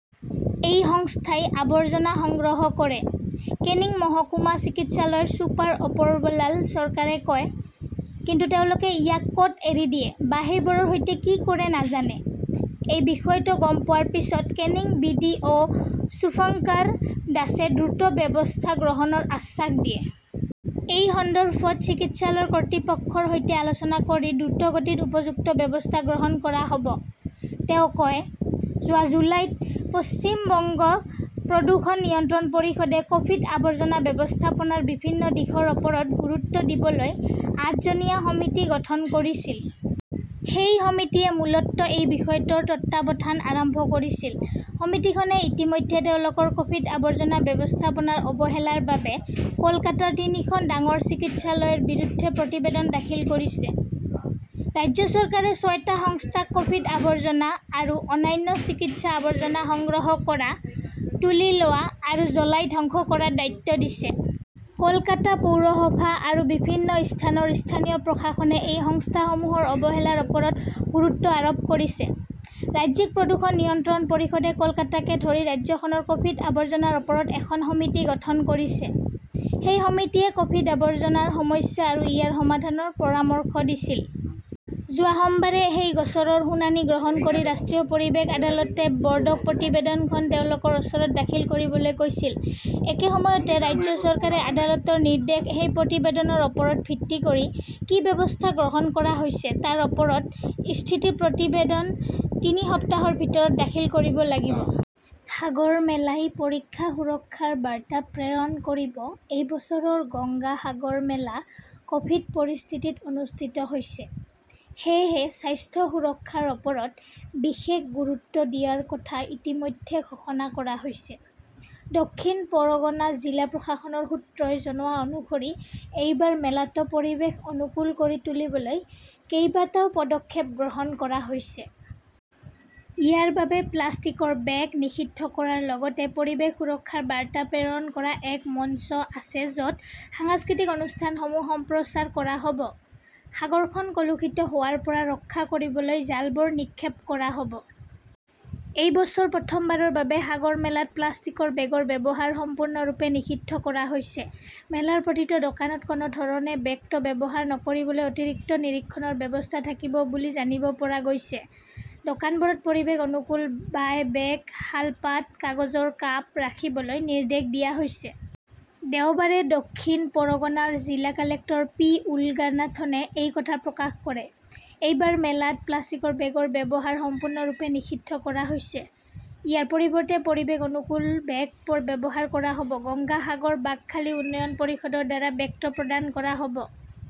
এটা সংস্থাই আৱৰ্জনা সংগ্ৰহ কৰে, কেনিং মহকুমা চিকিৎসালয়ৰ ছুপাৰ অপৰবলাল চৰকাৰে কয়। কিন্তু তেওঁলোকে ইয়াক কত এৰি দিয়ে বা সেইবোৰৰ সৈতে কি কৰে নাজানে। এই বিষয়টো গম পোৱাৰ পিছত Canning B. D. O. Shubhankar দাসে দ্ৰুত ব্যৱস্থা গ্ৰহণৰ আশ্বাস দিয়ে। এই সন্দৰ্ভত চিকিৎসালয়ৰ কৰ্তৃপক্ষৰ সৈতে আলোচনা কৰি দ্ৰুতগতিত উপযুক্ত ব্যৱস্থা গ্ৰহণ কৰা হব, তেওঁ কয়। যোৱা জুলাইত পশ্চিম বংগ প্ৰদূষণ নিয়ন্ত্ৰণ পৰিষদে ক'ভিড-আৱৰ্জনা ব্যৱস্থাপনাৰ বিভিন্ন দিশৰ ওপৰত গুৰুত্ব দিবলৈ আঠ জনীয়া সমিতি গঠন কৰিছিল। সেই সমিতিয়ে মূলতঃ এই বিষয়টোৰ তত্বাৱধান আৰম্ভ কৰিছিল। সমিতিখনে ইতিমধ্যে তেওঁলোকৰ কভিড-আৱৰ্জনা ব্যৱস্থাপনাৰ অৱহেলাৰ বাবে কলকাতাৰ তিনিখন ডাঙৰ চিকিৎসালয়ৰ বিৰুদ্ধে প্ৰতিবেদন দাখিল কৰিছে। ৰাজ্য চৰকাৰে ছয়টা সংস্থাক কভিড-আৱৰ্জনা আৰু অন্যান্য চিকিৎসা-আৱৰ্জনা সংগ্ৰহ কৰা, তুলি লোৱা আৰু জ্বলাই ধ্বংস কৰাৰ দায়িত্ব দিছে। কলকাতা পৌৰসভা আৰু বিভিন্ন স্থানৰ স্থানীয় প্ৰশাসনে এই সংস্থাসমূহৰ অৱহেলাৰ ওপৰত গুৰুত্ব আৰোপ কৰিছে। ৰাজ্যিক প্ৰদূষণ নিয়ন্ত্ৰণ পৰিষদে কলকাতাকে ধৰি ৰাজ্যখনৰ কভিড আৱৰ্জনাৰ ওপৰত এখন সমিতি গঠন কৰিছে। সেই সমিতিয়ে কভিড-আৱৰ্জনাৰ সমস্যা আৰু ইয়াৰ সমাধানৰ পৰামৰ্শ দিছিল। যোৱা সোমবাৰে সেই গোচৰৰ শুনানি গ্ৰহণ কৰি ৰাষ্ট্ৰীয় পৰিৱেশ আদালতে বোৰ্ডক প্ৰতিবেদনখন তেওঁলোকৰ ওচৰত দাখিল কৰিবলৈ কৈছিল। একে সময়তে, ৰাজ্য চৰকাৰে আদালতৰ নিৰ্দেশ, সেই প্ৰতিবেদনৰ ওপৰত ভিত্তি কৰি কি ব্যৱস্থা গ্ৰহণ কৰা হৈছে তাৰ ওপৰত 'স্থিতি প্ৰতিবেদন' তিনি সপ্তাহৰ ভিতৰত দাখিল কৰিব লাগিব। সাগৰমেলাই পৰীক্ষা সুৰক্ষাৰ বাৰ্তা প্ৰেৰণ কৰিব এই বছৰৰ গংগা সাগৰ মেলা কভিড পৰিস্থিতিত অনুষ্ঠিত হৈছে। সেয়েহে স্বাস্থ্য-সুৰক্ষাৰ ওপৰত বিশেষ গুৰুত্ব দিয়াৰ কথা ইতিমধ্যে ঘোষণা কৰা হৈছে। দক্ষিণ পৰগনা জিলা প্ৰশাসনৰ সূত্ৰই জনোৱা অনুসৰি এইবাৰ মেলাটো পৰিৱেশ অনুকূল কৰি তুলিবলৈ কেইবাটাও পদক্ষেপ গ্ৰহণ কৰা হৈছে। ইয়াৰ বাবে প্লাষ্টিকৰ বেগ নিষিদ্ধ কৰাৰ লগতে পৰিৱেশ সুৰক্ষাৰ বাৰ্তা প্ৰেৰণ কৰা এক মঞ্চ আছে য 'ত সাংস্কৃতিক অনুষ্ঠানসমূহ সম্প্ৰচাৰ কৰা হ' ব। সাগৰখন কলুষিত হোৱাৰ পৰা ৰক্ষা কৰিবলৈ জালবোৰ নিক্ষেপ কৰা হ'ব। এই বছৰ প্ৰথমবাৰৰ বাবে সাগৰ মেলাত প্লাষ্টিকৰ বেগৰ ব্যৱহাৰ সম্পূৰ্ণৰূপে নিষিদ্ধ কৰা হৈছে। মেলাৰ প্ৰতিটো দোকানত কোনো ধৰণে বেগটো ব্যৱহাৰ নকৰিবলৈ অতিৰিক্ত নিৰীক্ষণৰ ব্যৱস্থা থাকিব বুলি জানিব পৰা গৈছে। দোকানবোৰত পৰিৱেশ-অনুকূল বায় বেগ, শালপাত, কাগজৰ কাপ ৰাখিবলৈ নিৰ্দেশ দিয়া হৈছে। দেওবাৰে দক্ষিণ পৰগনাৰ জিলা কালেক্টৰ পি. উলগানাথনে এই কথা প্ৰকাশ কৰে। এই বাৰ মেলাত প্লাষ্টিকৰ বেগৰ ব্যৱহাৰ সম্পূৰ্ণৰূপে নিষিদ্ধ কৰা হৈছে। ইয়াৰ পৰিৱৰ্তে পৰিৱেশ অনুকূল বেগ ব্যৱহাৰ কৰা হ'ব। গংগা সাগৰ-বাকখালী উন্নয়ন পৰিষদৰ দ্বাৰা বেগটো প্ৰদান কৰা হ 'ব।